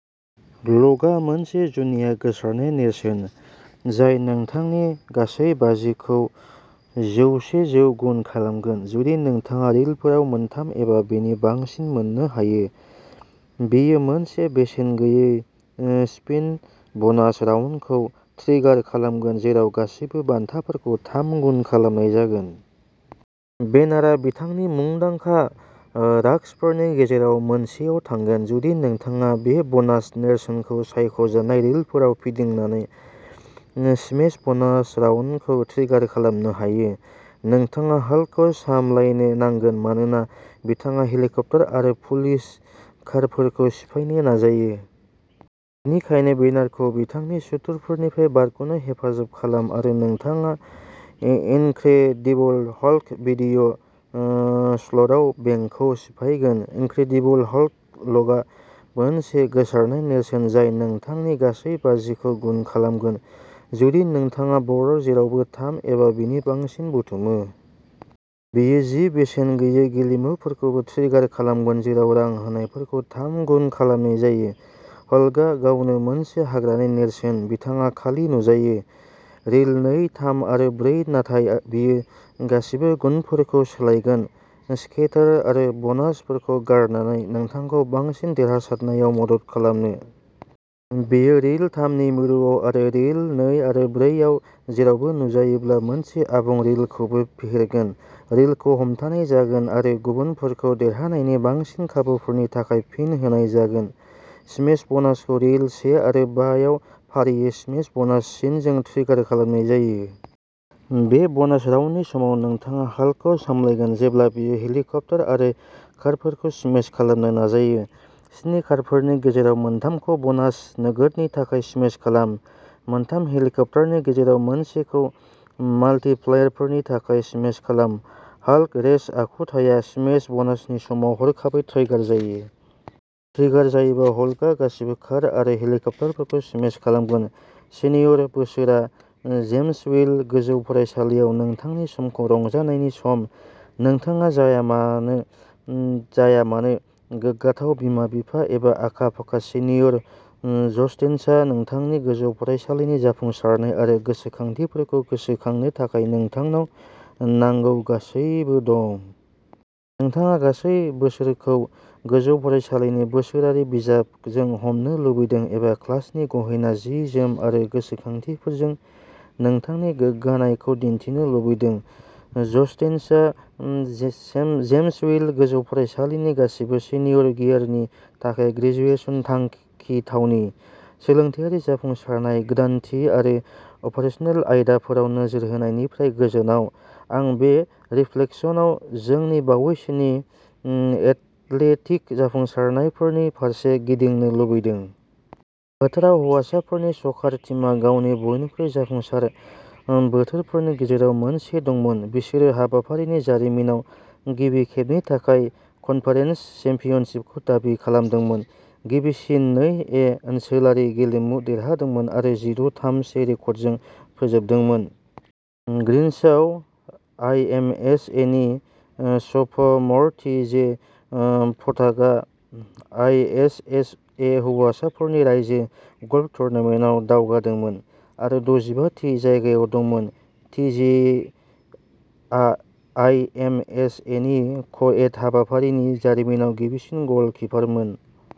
लगआ मोनसे जुनिया गोसारनाय नेरसोन जाय नोंथांनि गासै बाजिखौ जौवसे जों गुन खालामगोन जुदि नोंथाङा रिलफोराव मोनथाम एबा बेनि बांसिन मोननो हायो। बेयो मोनसे बेसेन गैयै स्पिन ब'नास राउन्डखौबो ट्रिगार खालामगोन जेराव गासैबो बान्थाफोरखौ थाम गुन खालामनाय जागोन। बेनारआ बिथांनि मुंदांखा राग्सफोरनि गेजेराव मोनसेआव थांगोन जुदि नोंथाङा बे ब'नास नेरसोनखौ सायख'जानाय रिलफोराव फिदिंनानै स्मेश ब'नास राउन्डखौ ट्रिगार खालामनो हायो। नोंथाङा हल्कखौ सामलायनो नांगोन मानोना बिथाङा हेलिकप्टार आरो पुलिस कारफोरखौ सिफायनो नाजायो। बेनिखायनो बेनारखौ बिथांनि सुथुरफोरनिफ्राय बारग'नो हेफाजाब खालाम आरो नोंथाङा इनक्रेडिबल हल्क भिडिय'स्लटआव बेंकखौ सिफायगोन। इनक्रेडिबल हल्क लगआ मोनसे गोसारनाय नेरसोन जाय नोंथांनि गासै बाजिखौ गुन खालामगोन जुदि नोंथाङा बर्डआव जेरावबो थाम एबा बेनि बांसिन बुथुमो। बेयो जि बेसेन गैयै गेलेमुफोरखौबो ट्रिगार खालामगोन जेराव रां होनायफोरखौ थाम गुन खालामनाय जायो। हल्कआ गावनो मोनसे हाग्रानि नेरसोन। बिथाङा खालि नुजायो। रिल नै थाम आरो ब्रै नाथाय बियो गासिबो गुबुनफोरखौ सोलायगोन स्केटार आरो बनासफोरखौ गारनानै नोंथांखौ बांसिन देरहासारनायाव मदद खालामनो। बियो रिल थामनि मिरुआव आरो रिल नै आरो ब्रै आव जेरावबो नुजायोब्ला मोनसे आबुं रिलखौबो फेहेरगोन। रिलखौ हमथानाय जागोन आरो गुबुनफोरखौ देरहानायनि बांसिन खाबुफोरनि थाखाय फिन होनाय जागोन। स्मेश बनासखौ रिल से आरो बा आव फारियै स्मेश बनास सिनजों ट्रिगार खालामनाय जायो। बे बनास राउन्डनि समाव नोंथाङा हल्कखौ सामलायगोन जेब्ला बियो हेलिकप्टार आरो कारफोरखौ स्मेश खालामनो नाजायो। स्नि कारफोरनि गेजेराव मोनथामखौ ब'नास नोगोदनि थाखाय स्मेश खालाम। मोनथाम हेलिकप्टारनि गेजेराव मोनसेखौ माल्टिप्लायरफोरनि थाखाय स्मेश खालाम। हल्क रेज आखुथाया स्मेश बनासनि समाव हरखाबै ट्रिगार जायो। ट्रिगार जायोब्ला, हल्कआ गासिबो कार आरो हेलिकप्टारफोरखौ स्मेश खालामगोन। सिनियर बोसोरआ जेम्सविल गोजौ फरायसालिआव नोंथांनि समखौ रंजानायनि सम। नोंथाङा जायामानो जाया मानो। गोग्गाथाव बिमा-बिफा एबा आखा-फाखा सिनियर जस्टेन्सहा नोंथांनि गोजौ फरायसालिनि जाफुंसारनाय आरो गोसोखांथिफोरखौ गोसोखांनो थाखाय नोंथांनाव नांगौ गासैबो दं। नोंथाङा गासै बोसोरखौ गोजौ फरायसालिनि बोसोरारि बिजाबजों हमनो लुबैदों एबा क्लासनि गहेना जि जोम आरो गोसोखांथिफोरजों नोंथांनि गोग्गानायखौ दिन्थिनो लुबैदों जस्टेन्सआ जेम्सविल गोजौ फरायसालिनि गासिबो सिनियर गियारनि थाखाय ग्रेजुएशन थांखि थावनि। सोलोंथायारि जाफुंसारनाय गोदानथि आरो अपारेसनेल आयदाफोराव नोजोर होनायनिफ्राय गोजानाव आं बे रिफ्लेक्शनआव जोंनि बावैसोनि एथलेटिक जाफुंसारनायफोरनि फारसे गिदिंनो लुबैदों। फोथाराव हौवासाफोरनि स'कार टीमा गावनि बयनिख्रुइ जाफुंसार बोथोरफोरनि गेजेराव मोनसे दंमोन। बिसोरो हाबाफारिनि जारिमिनाव गिबि खेबनि थाखाय कनफारेन्स चेम्पियनशिपखौ दाबि खालामदोंमोन गिबिसिन नै ए ओनसोलारि गेलेमु देरहादोंमोन आरो जिद थाम से रेकर्डजों फोजोबदोंमोन। ग्रीन्सआव आईएमएसएनि स फ मर टी जे पटाकआ आई एच एस ए हौवासाफोरनि रायजो गल्फ टुर्नामेन्टआव दावगादोंमोन आरो दजिबा थि जायगायाव दंमोन। टी जे आ आई एम एस एनि क एड हाबाफारिनि जारिमिनाव गिबिसिन गल खिपारमोन।